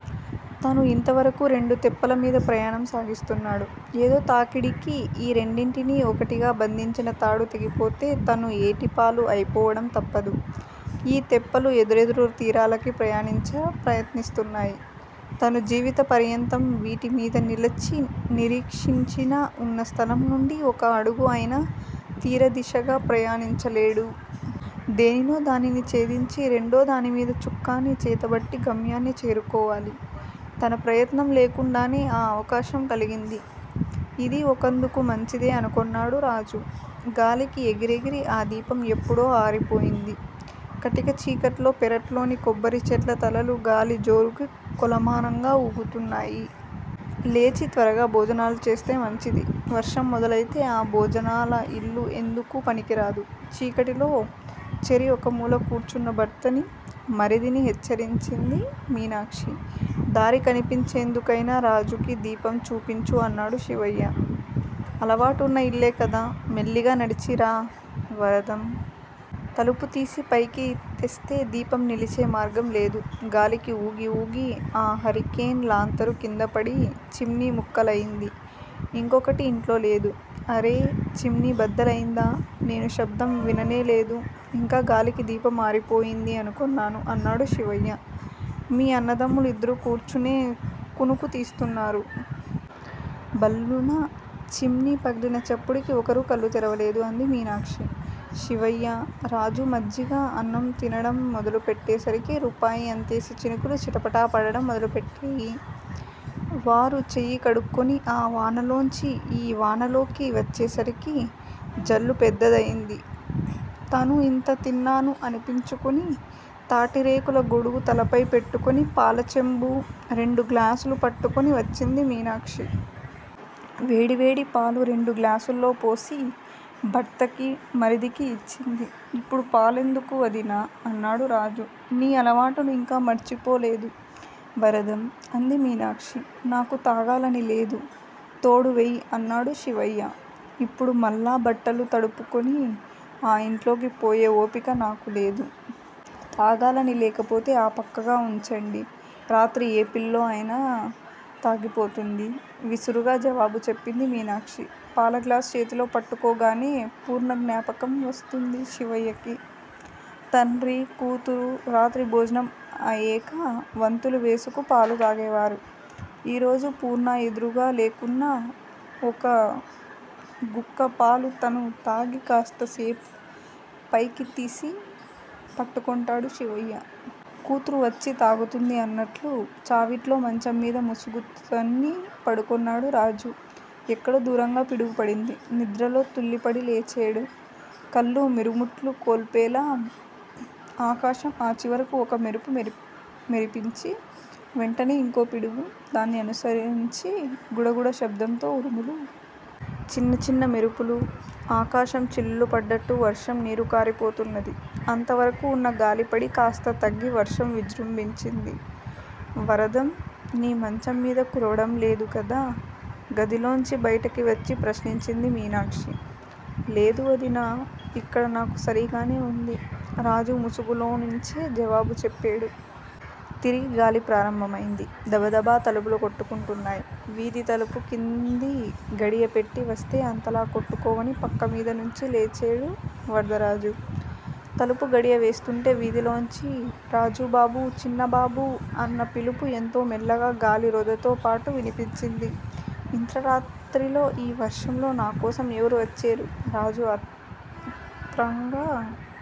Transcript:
తను ఇంతవరకు రెండు తెప్పలమీద ప్రయాణం సాగిస్తున్నాడు. ఏదో తాకిడికి ఈ రెండింటిని ఒకటిగా బంధించిన తాడు తెగిపోతే తను ఏటిపాలు అయిపోవడం తప్పదు. ఈ తెప్పలు ఎదురెదురు తీరాలకి ప్రయాణించ ప్రయత్నిస్తున్నాయి. తను జీవిత పర్యంతం వీటిమీద నిలచి నిరీక్షించినా ఉన్న స్థలంనుండి ఒక అడుగు అయినా తీరదిశగా ప్రయాణించలేడు. దేనినో దానిని ఛేదించి రెండో దానిమీద చుక్కాని చేతబట్టి గమ్యాన్ని చేరుకోవాలి. తన ప్రయత్నం లేకుండానే ఆ అవకాశం కలిగింది. ఇదీ ఒకందుకు మంచిదే అనుకొన్నాడు రాజు. గాలికి ఎగిరి ఎగిరి ఆ దీపం ఎప్పుడో ఆరిపోయింది. కటిక చీకట్లో పెరట్లోని కొబ్బరిచెట్ల తలలు గాలి జోరుకి కొలమానంగా ఊగుతున్నాయి. లేచి త్వరగా భోజనాలుచేస్తే మంచిది. వర్షం మొదలయితే ఆ భోజనాల ఇల్లు ఎందుకూ పనికిరాదు. చీకటిలో చెరి ఒకమూల కూర్చున్న భర్తని, మరిదిని హెచ్చరించింది మీనాక్షి. దారి కనిపించేందుకైనా రాజుకి దీపం చూపించు అన్నాడు శివయ్య. అలవాటున్న ఇల్లే కదా! మెల్లిగా నడిచి రా, వరదం! తలుపు తీసి పైకి తెస్తే దీపం నిలిచే మార్గంలేదు. గాలికి ఊగిఊగి ఆ హరికేన్ లాంతరు కిందపడి చిమ్నీ ముక్కలయింది. ఇంకొకటి ఇంట్లో లేదు. అరే, చిమ్నీ బద్దలయిందా? నేను శబ్దం విననేలేదు, ఇంకా గాలికి దీపం ఆరిపోయింది అనుకొన్నాను అన్నాడు శివయ్య. మీ అన్నదమ్ములు ఇద్దరూ కూర్చునే కునుకు తీస్తున్నారు. భళ్లున చిమ్నీ పగిలిన చప్పుడుకి ఒకరూ కళ్ళు తెరవలేదు అంది మీనాక్షి. శివయ్య, రాజు మజ్జిగ అన్నం తినడం మొదలు పెట్టేసరికి రూపాయి అంతేసి చినుకులు చిటపటా పడడం మొదలుపెట్టేయి. వారు చెయ్యి కడుక్కొని ఆ వానలోంచి ఈ వానలోకి వచ్చేసరికి జల్లు పెద్దదయింది. తనూ ఇంత తిన్నాను అనిపించుకొని, తాటిరేకుల గొడుగు తలపై పెట్టుకొని పాలచెంబు, రెండు గ్లాసులు పట్టుకొని వచ్చింది మీనాక్షి. వేడివేడి పాలు రెండు గ్లాసుల్లోపోసి భర్తకి, మరిదికి ఇచ్చింది. ఇప్పుడు పాలెందుకు, వదినా? అన్నాడు రాజు. నీ అలవాటుని ఇంకా మరిచిపోలేదు, వరదం! అంది మీనాక్షి. నాకు తాగాలనిలేదు. తోడువెయ్యి అన్నాడు శివయ్య. ఇప్పుడు మళ్ళా బట్టలు తడుపుకొని ఆ ఇంట్లోకి పోయే ఓపిక నాకులేదు. తాగాలని లేకపోతే ఆ పక్కగా ఉంచండి. రాత్రి ఏ పిల్లో అయినా తాగిపోతుంది. విసురుగా జవాబు చెప్పింది మీనాక్షి. పాల గ్లాసు చేతిలో పట్టుకోగానే పూర్ణ జ్ఞాపకం వస్తుంది శివయ్యకి. తండ్రి, కూతురు రాత్రి భోజనం అయేక వంతులు వేసుకు పాలు తాగేవారు. ఈ రోజు పూర్ణ ఎదురుగా లేకున్నా ఒక్క గుక్క పాలు తను తాగి కాస్త సేపు పైకి తీసి పట్టుకొంటాడు శివయ్య. కూతురు వచ్చి తాగుతుంది అన్నట్లు. చావిట్లో మంచంమీద ముసుగుతన్ని పడుకొన్నాడు రాజు. ఎక్కడో దూరంగా పిడుగు పడింది. నిద్రలో తుళ్ళిపడి లేచేడు, కళ్ళు మిరుముట్లు కొల్పేలా ఆకాశం ఆ చివరకు ఒక మెరుపు మెరిపించి, వెంటనే ఇంకో పిడుగు. దాన్ని అనుసరించి గుడగుడ శబ్దంతో ఉరుములు. చిన్న చిన్న మెరుపులు. ఆకాశం చిల్లులు పడ్డట్లు వర్షం నీరుకారిపోతున్నది. అంతవరకు ఉన్న గాలిపడి కాస్త తగ్గి వర్షం విజృంభించింది. వరదం, నీ మంచంమీద కురవడంలేదు కదా? గదిలోంచి బయటికి వచ్చి ప్రశ్నించింది మీనాక్షి. లేదు వదినా, ఇక్కడ నాకు సరిగానే వుంది. రాజు ముసుగులోనించే జవాబు చెప్పేడు. తిరిగి గాలి ప్రారంభమయింది. దబదబా తలుపులు కొట్టుకొంటున్నాయి. వీథి తలుపు కింది గడియపెట్టి వస్తే అంతలా కొట్టుకోవని పక్కమీదనుంచి లేచేడు వరదరాజు. తలుపు గడియ వేస్తూంటే వీథిలోంచి రాజుబాబూ చిన్నబాబూ! అన్న పిలుపు ఎంతో మెల్లగా గాలి రొదతోపాటు వినిపించింది. ఇంత రాత్రిలో ఈ వర్షంలో నాకోసం ఎవరు వచ్చేరు? రాజు ఆత్రంగా